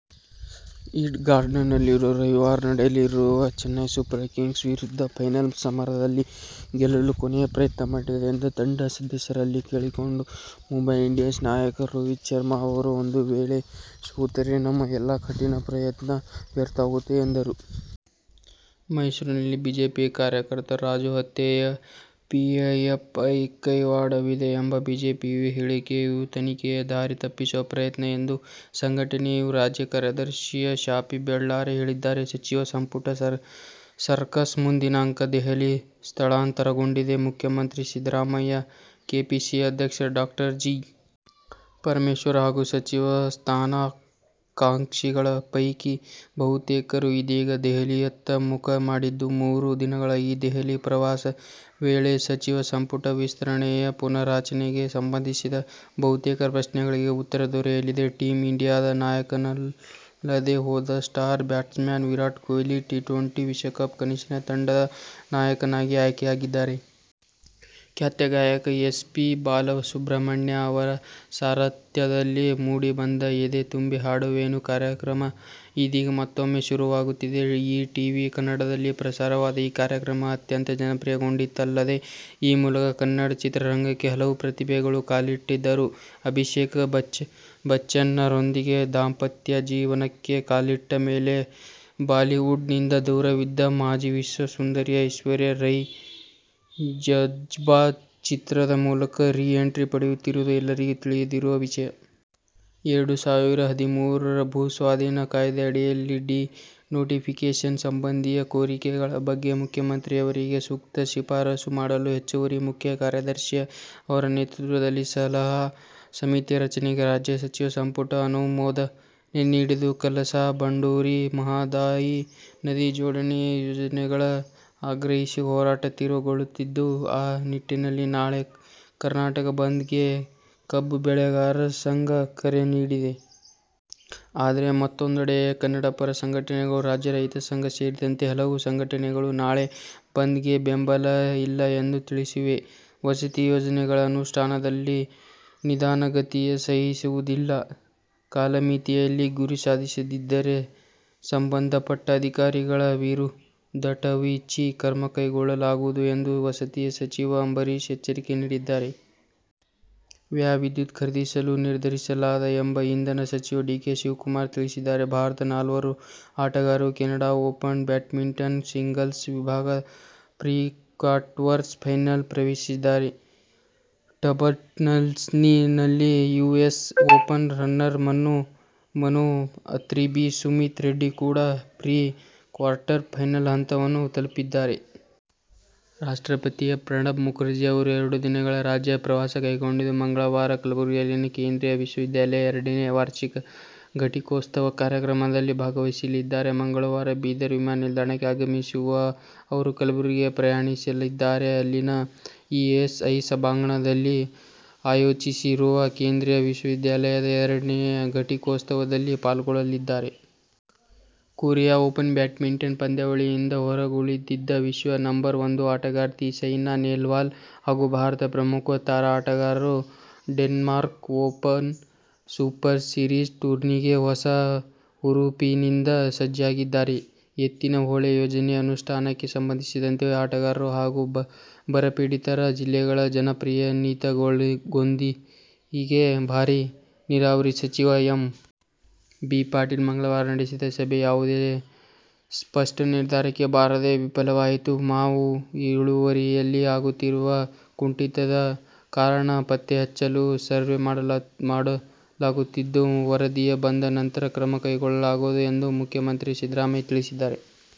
Eden ಗಾರ್ಡನ್ಸ್ನಲ್ಲಿ ರವಿವಾರ ನಡೆಯಲಿರುವ ಚೆನ್ನೈ ಸೂಪರ್ ಕಿಂಗ್ಸ್ ವಿರುದ್ಧದ ಫೈನಲ್ ಸಮರದಲ್ಲಿ ಗೆಲ್ಲಲು ಕೊನೆಯ ಪ್ರಯತ್ನ ಮಾಡಿ ಎಂದು ತಂಡ ಸದಸ್ಯರಲ್ಲಿ ಕೇಳಿಕೊಂಡ ಮುಂಬೈ ಇಂಡಿಯನ್ಸ್ ನಾಯಕ ರೋಹಿತ್ ಶರ್ಮ ಅವರು ಒಂದು ವೇಳೆ ಸೋತರೆ ನಮ್ಮ ಎಲ್ಲ ಕಠಿನ ಪ್ರಯತ್ನ ವ್ಯರ್ಥವಾಗುತ್ತದೆ ಎಂದರು. ಮೈಸೂರಿನ ಬಿಜೆಪಿ ಕಾರ್ಯಕರ್ತ ರಾಜು ಹತ್ಯೆಯಲ್ಲಿ ಪಿಎಫ್ಐ ಕೈವಾಡವಿದೆ ಎಂಬ ಬಿಜೆಪಿಯ ಹೇಳಿಕೆಯು ತನಿಖೆಯ ದಾರಿ ತಪ್ಪಿಸುವ ಪ್ರಯತ್ನ ಎಂದು ಸಂಘಟನೆಯ ರಾಜ್ಯ ಕಾರ್ಯದರ್ಶಿ ಶಾಫಿ ಬೆಳ್ಳಾರೆ ಹೇಳಿದ್ದಾರೆ. ಸಚಿವ ಸಂಪುಟ ಸರ್ಕಸ್ ಮುಂದಿನ ಅಂಕ ದೆಹಲಿ ಸ್ಥಳಾಂತರಗೊಂಡಿದೆ. ಮುಖ್ಯಮಂತ್ರಿ ಸಿದ್ದರಾಮಯ್ಯ, ಕೆಪಿಸಿಸಿ ಅಧ್ಯಕ್ಷ ಡಾ ಜಿ. ಪರಮೇಶ್ವರ್ ಹಾಗೂ ಸಚಿವ ಸ್ಥಾನಾಕಾಂಕ್ಷಿಗಳ ಪೈಕಿ ಬಹುತೇಕರು ಇದೀಗ ದೆಹಲಿಯತ್ತ ಮುಖ ಮಾಡಿದ್ದು, ಮೂರು ದಿನಗಳ ಈ ದೆಹಲಿ ಪ್ರವಾಸದ ವೇಳೆ ಸಚಿವ ಸಂಪುಟ ವಿಸ್ತರಣೆ, ಪುನಾರಚನೆಗೆ ಸಂಬಂಧಿಸಿದ ಬಹುತೇಕ ಪ್ರಶ್ನೆಗಳಿಗೆ ಉತ್ತರ ದೊರೆಯಲಿದೆ. ಟೀಮ್ ಇಂಡಿಯಾದ ನಾಯಕನಲ್ಲದೇ ಹೋದರೂ star batsman Virat Kohli T twenty ವಿಶ್ವಕಪ್ ಕನಸಿನ ತಂಡ'ದ ನಾಯಕನಾಗಿ ಆಯ್ಕೆಯಾಗಿದ್ದಾರೆ. ಖ್ಯಾತ ಗಾಯಕ ಎಸ್. ಪಿ. ಬಾಲಸುಬ್ರಹ್ಮಣ್ಯಂ ಅವರ ಸಾರಥ್ಯದಲ್ಲಿ ಮೂಡಿಬಂದ ಎದೆ ತುಂಬಿ ಹಾಡುವೆನು ಕಾರ್ಯಕ್ರಮ ಇದೀಗ ಮತ್ತೂಮ್ಮೆ ಶುರುವಾಗುತ್ತಿದೆ. ಈ ಟಿವಿ ಕನ್ನಡದಲ್ಲಿ ಪ್ರಸಾರವಾದ ಈ ಕಾರ್ಯಕ್ರಮ, ಅತ್ಯಂತ ಜನಪ್ರಿಯಗೊಂಡಿತ್ತಲ್ಲದೆ, ಈ ಮೂಲಕ ಕನ್ನಡ ಚಿತ್ರರಂಗಕ್ಕೆ ಹಲವು ಪ್ರತಿಭೆಗಳು ಕಾಲಿಟ್ಟಿದ್ದರು. ಅಭಿಷೇಕ್ ಬಚ್ಚನ್ ರೊಂದಿಗೆ ದಾಂಪತ್ಯ ಜೀವನಕ್ಕೆ ಕಾಲಿಟ್ಟ ಮೇಲೆ ಬಾಲಿವುಡ್'ನಿಂದ ದೂರವಿದ್ದ ಮಾಜಿ ವಿಶ್ವ ಸುಂದರಿ ಐಶ್ವರ್ಯ ರೈ ಜಝ್ಬಾ ಚಿತ್ರದ ಮೂಲಕ ರೀ ಎಂಟ್ರಿ ಪಡೆಯುತ್ತಿರುವುದು ಎಲ್ಲರಿಗೂ ತಿಳಿದಿರುವ ವಿಷಯ. ಎರಡು ಸಾವಿರದ ಹದಿಮೂರರ ಭೂ ಸ್ವಾಧೀನ ಕಾಯ್ದೆ ಅಡಿಯಲ್ಲಿ ಡಿ-ನೋಟಿಫಿಕೇಷನ್ ಸಂಬಂಧಿ ಕೋರಿಕೆಗಳ ಬಗ್ಗೆ ಮುಖ್ಯಮಂತ್ರಿಯವರಿಗೆ ಸೂಕ್ತ ಶಿಫಾರಸು ಮಾಡಲು ಹೆಚ್ಚುವರಿ ಮುಖ್ಯ ಕಾರ್ಯದರ್ಶಿ ಅವರ ನೇತೃತ್ವದ ಸಲಹಾ ಸಮಿತಿ ರಚನೆಗೆ ರಾಜ್ಯ ಸಚಿವ ಸಂಪುಟ ಅನುಮೋದನೆ ನೀಡಿದೆ. ಕಳಸಾ ಬಂಡೂರಿ, ಮಹಾದಾಯಿ ನದಿ ಜೋಡಣೆ ಯೋಜನೆಗೆ ಆಗ್ರಹಿಸಿ ಹೋರಾಟ ತೀವ್ರಗೊಳ್ಳುತ್ತಿದ್ದು, ಆ ನಿಟ್ಟಿನಲ್ಲಿ ನಾಳೆ ಕರ್ನಾಟಕ ಬಂದ್ ಗೆ ಕಬ್ಬು ಬೆಳೆಗಾರರ ಸಂಘ ಕರೆ ನೀಡಿದೆ. ಆದರೆ ಮತ್ತೊಂದೆಡೆ ಕನ್ನಡ ಪರ ಸಂಘಟನೆಗಳು, ರಾಜ್ಯ ರೈತ ಸಂಘ ಸೇರಿದಂತೆ ಹಲವು ಸಂಘಟನೆಗಳು ನಾಳೆಯ ಬಂದ್ ಗೆ ಬೆಂಬಲ ಇಲ್ಲ ಎಂದು ತಿಳಿಸಿವೆ. ವಸತಿ ಯೋಜನೆಗಳ ಅನುಷ್ಠಾನದಲ್ಲಿ ನಿಧಾನಗತಿ ಸಹಿಸುವುದಿಲ್ಲ. ಕಾಲಮಿತಿಯಲ್ಲಿ ಗುರಿ ಸಾಧಿಸದಿದ್ದರೆ ಸಂಬಂಧಪಟ್ಟ ಅಧಿಕಾರಿಗಳ ವಿರುದಟಛಿ ಕ್ರಮಕೈಗೊಳ್ಳಲಾಗುವುದು ಎಂದು ವಸತಿ ಸಚಿವ ಅಂಬರೀಶ್ ಎಚ್ಚರಿಕೆ ನೀಡಿದ್ದಾರೆ. ವ್ಯಾ ವಿದ್ಯುತ್ ಖರೀದಿಸಲು ನಿರ್ಧರಿಸಲಾಗಿದೆ ಎಂದು ಇಂಧನ ಸಚಿವ ಡಿ. ಕೆ. ಶಿವಕುಮಾರ್ ತಿಳಿಸಿದ್ದಾರೆ. ಭಾರತದ ನಾಲ್ವರು ಆಟಗಾರರು ಕೆನಡಾ ಓಪನ್ ಬ್ಯಾಡ್ಮಿಂಟನ್ ಸಿಂಗಲ್ಸ್ ವಿಭಾಗದ ಪ್ರೀ-ಕ್ವಾರ್ಟರ್ ಫೈನಲ್ ಪ್ರವೇಶಿಸಿದ್ದಾರೆ. ಡಬಲ್ಸ್ನಲ್ಲಿ US open runner Manu Attri B. Sumeeth Reddy ಕೂಡ ಪ್ರೀ-ಕ್ವಾರ್ಟರ್ ಫೈನಲ್ ಹಂತವನ್ನು ತಲಪಿದ್ದಾರೆ. ರಾಷ್ಟ್ರಪತಿ ಪ್ರಣಬ್ ಮುಖರ್ಜಿ ಅವರು ಎರಡು ದಿನಗಳ ರಾಜ್ಯ ಪ್ರವಾಸಕೈಗೊಂಡಿದ್ದು, ಮಂಗಳವಾರ ಕಲಬುರ್ಗಿಯಲ್ಲಿನ ಕೇಂದ್ರೀಯ ವಿಶ್ವವಿದ್ಯಾಲಯದ ಎರಡನೇ ವಾರ್ಷಿಕ ಘಟಿಕೋತ್ಸವ ಕಾರ್ಯಕ್ರಮದಲ್ಲಿ ಭಾಗವಹಿಸಲಿದ್ದಾರೆ. ಮಂಗಳವಾರ ಬೀದರ್ ವಿಮಾನ ನಿಲ್ದಾಣಕ್ಕೆ ಆಗಮಿಸುವ ಅವರು, ಕಲಬುರ್ಗಿಗೆ ಪ್ರಯಾಣಿಸಲಿದ್ದಾರೆ. ಅಲ್ಲಿನ ಇಎಸ್ಐ ಸಭಾಂಗಣದಲ್ಲಿ ಆಯೋಜಿಸಿರುವ ಕೇಂದ್ರಿಯ ವಿಶ್ವವಿದ್ಯಾಲಯದ ಎರಡನೇ ಘಟಿಕೋತ್ಸವದಲ್ಲಿ ಪಾಲ್ಗೊಳ್ಳಲಿದ್ದಾರೆ. ಕೊರಿಯಾ ಓಪನ್ ಬ್ಯಾಡ್ಮಿಂಟನ್ ಪಂದ್ಯಾವಳಿಯಿಂದ ಹೊರಗುಳಿದಿದ್ದ ವಿಶ್ವದ ನಂಬರ್ ಒಂದು ಆಟಗಾರ್ತಿ ಸೈನಾ ನೆಹ್ವಾಲ್ ಹಾಗೂ ಭಾರತದ ಪ್ರಮುಖ ತಾರಾ ಆಟಗಾರರು ಡೆನ್ಮಾರ್ಕ್ ಓಪನ್ ಸೂಪರ್ ಸೀರೀಸ್ ಟೂರ್ನಿಗೆ ಹೊಸ ಹುರುಪಿನಿಂದ ಸಜ್ಜಾಗಿದ್ದಾರೆ. ಎತ್ತಿನಹೊಳೆ ಯೋಜನೆ ಅನುಷ್ಠಾನಕ್ಕೆ ಸಂಬಂಧಿಸಿದಂತೆ ಹೋರಾಟಗಾರರು ಹಾಗೂ ಬರಪೀಡಿತ ಜಿಲ್ಲೆಗಳ ಜನಪ್ರತಿನಿಧಿಗಳೊಂದಿಗೆ ಭಾರಿ ನೀರಾವರಿ ಸಚಿವ ಎಂ. ಬಿ. ಪಾಟೀಲ್ ಮಂಗಳವಾರ ನಡೆಸಿದ ಸಭೆ ಯಾವುದೇ ಸ್ಪಷ್ಟ ನಿರ್ಧಾರಕ್ಕೆ ಬಾರದೆ ವಿಫಲವಾಯಿತು. ಮಾವು ಇಳುವರಿಯಲ್ಲಿ ಆಗುತ್ತಿರುವ ಕುಂಠಿತದ ಕಾರಣ ಪತ್ತೆಹಚ್ಚಲು ಸರ್ವೆ ಮಾಡಲಾಗುತ್ತಿದ್ದು, ವರದಿ ಬಂದ ನಂತರ ಕ್ರಮ ಕೈಗೊಳ್ಳಲಾಗುವುದು ಎಂದು ಮುಖ್ಯಮಂತ್ರಿ ಸಿದ್ದರಾಮಯ್ಯ ತಿಳಿಸಿದ್ದಾರೆ.